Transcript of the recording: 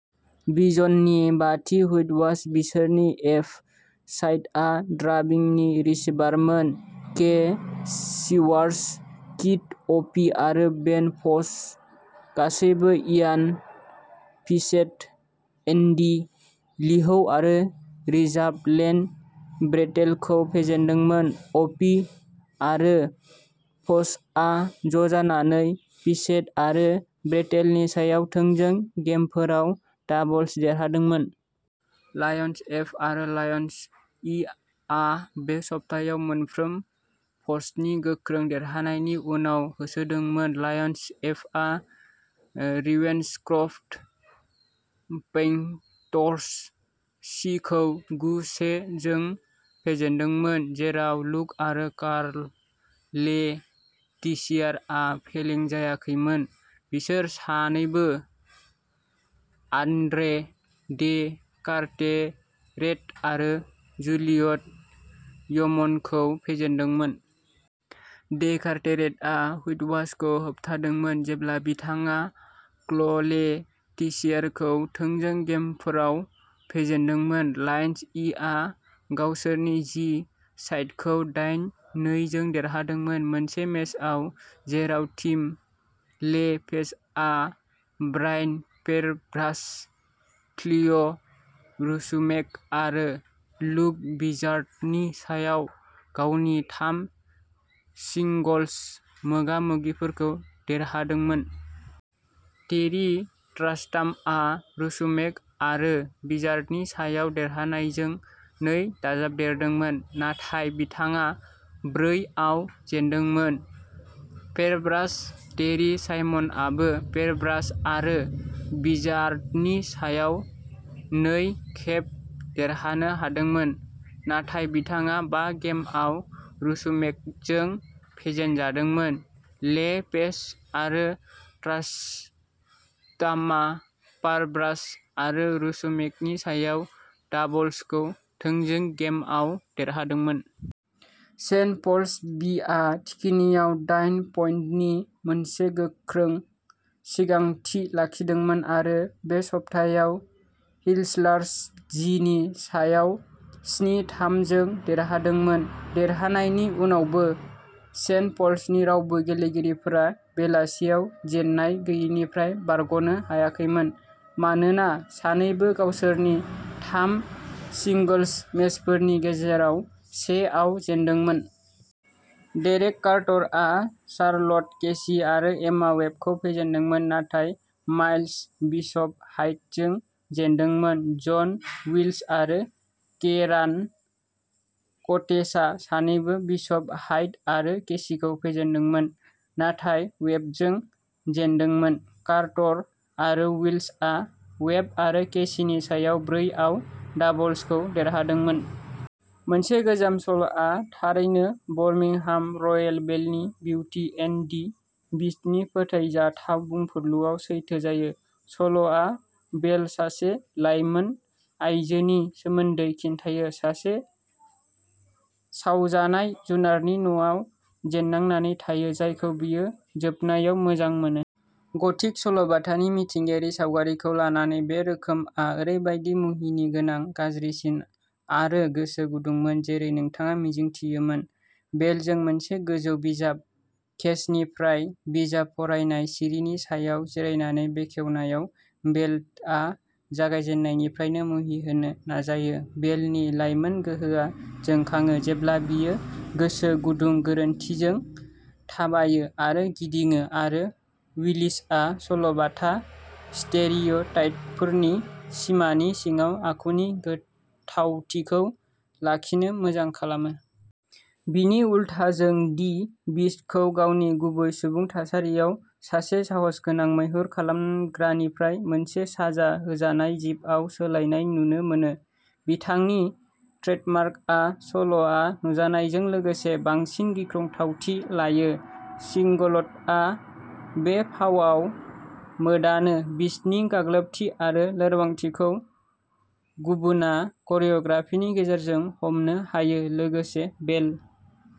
सिजननि बाथि हुइटवाश बिसोरनि एफ साइडआ ड्राबिंनि रिसिभारफोरमोन। के चिवार्स, कीथ ओपि आरो बेन फ'स गासैबो इयान फिचेट, एन्डी लिहौ आरो रिजार्भ लेन ब्रेटेलखौ फेजेनदोंमोन। ओपि आरो फ'सआ ज'जानानै फिचेट आरो ब्रेटेलनि सायाव थोंजों गेमफोराव डाबल्स देरहादोंमोन। लायन्स एफ आरो लायन्स इआ बे सप्तायाव मोनफ्रोम पोस्टनि गोख्रों देरहानायनि उनाव होसोदोंमोन। लायन्स एफआ रेवेन्सक्रफ्ट पैंथर्स सीखौ गु-से जों फेजेनदोंमोन। जेराव लुक आरो कार्ल ले टिसियारआ फेलें जायाखैमोन। बिसोर सानैबो आन्द्रे डे कार्टेरेट आरो जुलियट यमनखौ फेजेनदोंमोन। डे कार्टेरेटआ हुइटवाशखौ होबथादोंमोन जेब्ला बिथाङा क्ल'ले टिसियारखौ थोंजों गेमफोराव फेजेनदोंमोन। लायन्स इआ गावसोरनि जी साइडखौ दाइन नै जों देरहादोंमोन। मोनसे मेचआव जेराव टिम ले पेजआ ब्रायन फेरब्राच, क्लिय'रसुमेक आरो लुक बिचार्डनि सायाव गावनि थाम सिंगल्स मोगा-मोगिफोरखौ देरहादोंमोन। टेरी ट्रास्टामआ रसुमेक आरो बिचार्डनि सायाव देरहानायजों नै दाजाबदेरदोंमोन। नाथाय बिथाङा ब्रै आव जेनदोंमोन। फेरब्राश टेरि साइमनआबो फेरब्राश आरो बिचार्डनि सायाव नै खेब देरहानो हादोंमोन। नाथाय बिथाङा बा गेमआव रसुमेकजों फेजेनजादोंमोन। ले पेज आरो ट्रास्टामा फारब्राश आरो रसुमेकनि सायाव डाबल्सखौ थोंजों गेमआव देरहादोंमोन। सेन्ट पल्स बिआ थिखिनिआव दाइन पइन्टनि मोनसे गोख्रों सिगांथि लाखिदोंमोन आरो बे सप्तायाव हिस्लार्स जिनि सायाव स्नि-थाम जों देरहादोंमोन। देरहानायनि उनावबो सेन्ट पल्सनि रावबो गेलेगिरिफोरा बेलासियाव जेननाय गैयैनिफ्राय बारग'नो हायाखैमोन। मानोना सानैबो गावसोरनि थाम सिंगल्स मेचफोरनि गेजेराव से आव जेनदोंमोन। डेरेक कार्टरआ शार्लट केसि आरो एमा वेबखौ फेजेनदोंमोन। नाथाय माइल्स बिशप हाइटजों जेनदोंमोन। जन विल्स आरो केइरान कटेचा सानैबो बिशप हाइट आरो केसिखौ फेजेनदोंमोन। नाथाय वेबजों जेनदोंमोन। कार्टर आरो विल्सआ वेब आरो केसिनि सायाव ब्रै आव डाबल्सखौ देरहादोंमोन। मोनसे गोजाम सल आ थारैनो बरमिंहाम रयेल बेलेटनि बिउटि एन्ड दि बिस्टनि फोथायजाथाव बुंफुरलुआव सैथो जायो। सल'आ बेल सासे लाइमोन आयजोनि सोमोन्दै खिन्थायो। सासे सावजानाय जुनारनि न'आव जेन्नांनानै थायो। जायखौ बियो जोबनायाव मोजां मोनो। गथिक सल'बाथानि मिथिंगायारि सावगारिखौ लानानै बे रोखोमआ ओरैबायदि मुहिनिगोनां गाज्रिसिन आरो गोसो गुदुंमोन जेरै नोंथाङा मिजिंथियोमोन। बेलजों मोनसे गोजौ बिजाब केसनिफ्राय बिजाब फरायनाय सिरिनि सायाव जिरायनानै बेखेवनायाव बेलेटआ जागायजेन्नायनिफ्रायनो मुहिहोनो नाजायो। बेलनि लाइमोन गोहोआ जोंखाङो जेब्ला बियो गोसो गुदुं गोरोनथिजों थाबायो आरो गिदिङो आरो विलिसआ सल'बाथा स्टेरियोटाइपफोरनि सिमानि सिङाव आखुनि गोथावथिखौ लाखिनो मोजां खालामो। बिनि उलथा जों दि बिस्ट खौ गावनि गुबै सुबुं थासारियाव सासे साहसगोनां मैहुर खालामग्रानिफ्राय मोनसे साजा होजानाय जिबआव सोलायनाय नुनो मोनो। बिथांनि ट्रेडमार्कआ सल'आ नुजानायजों लोगोसे बांसिन गिख्रंथावथि लायो। सिंगलट'नआ बे फावआव मोदानो बिस्टनि गाग्लोबथि आरो लोरबांथिखौ गुबुना करिय'ग्राफिनि गेजेरजों हमनो हायो। लोगोसे बेल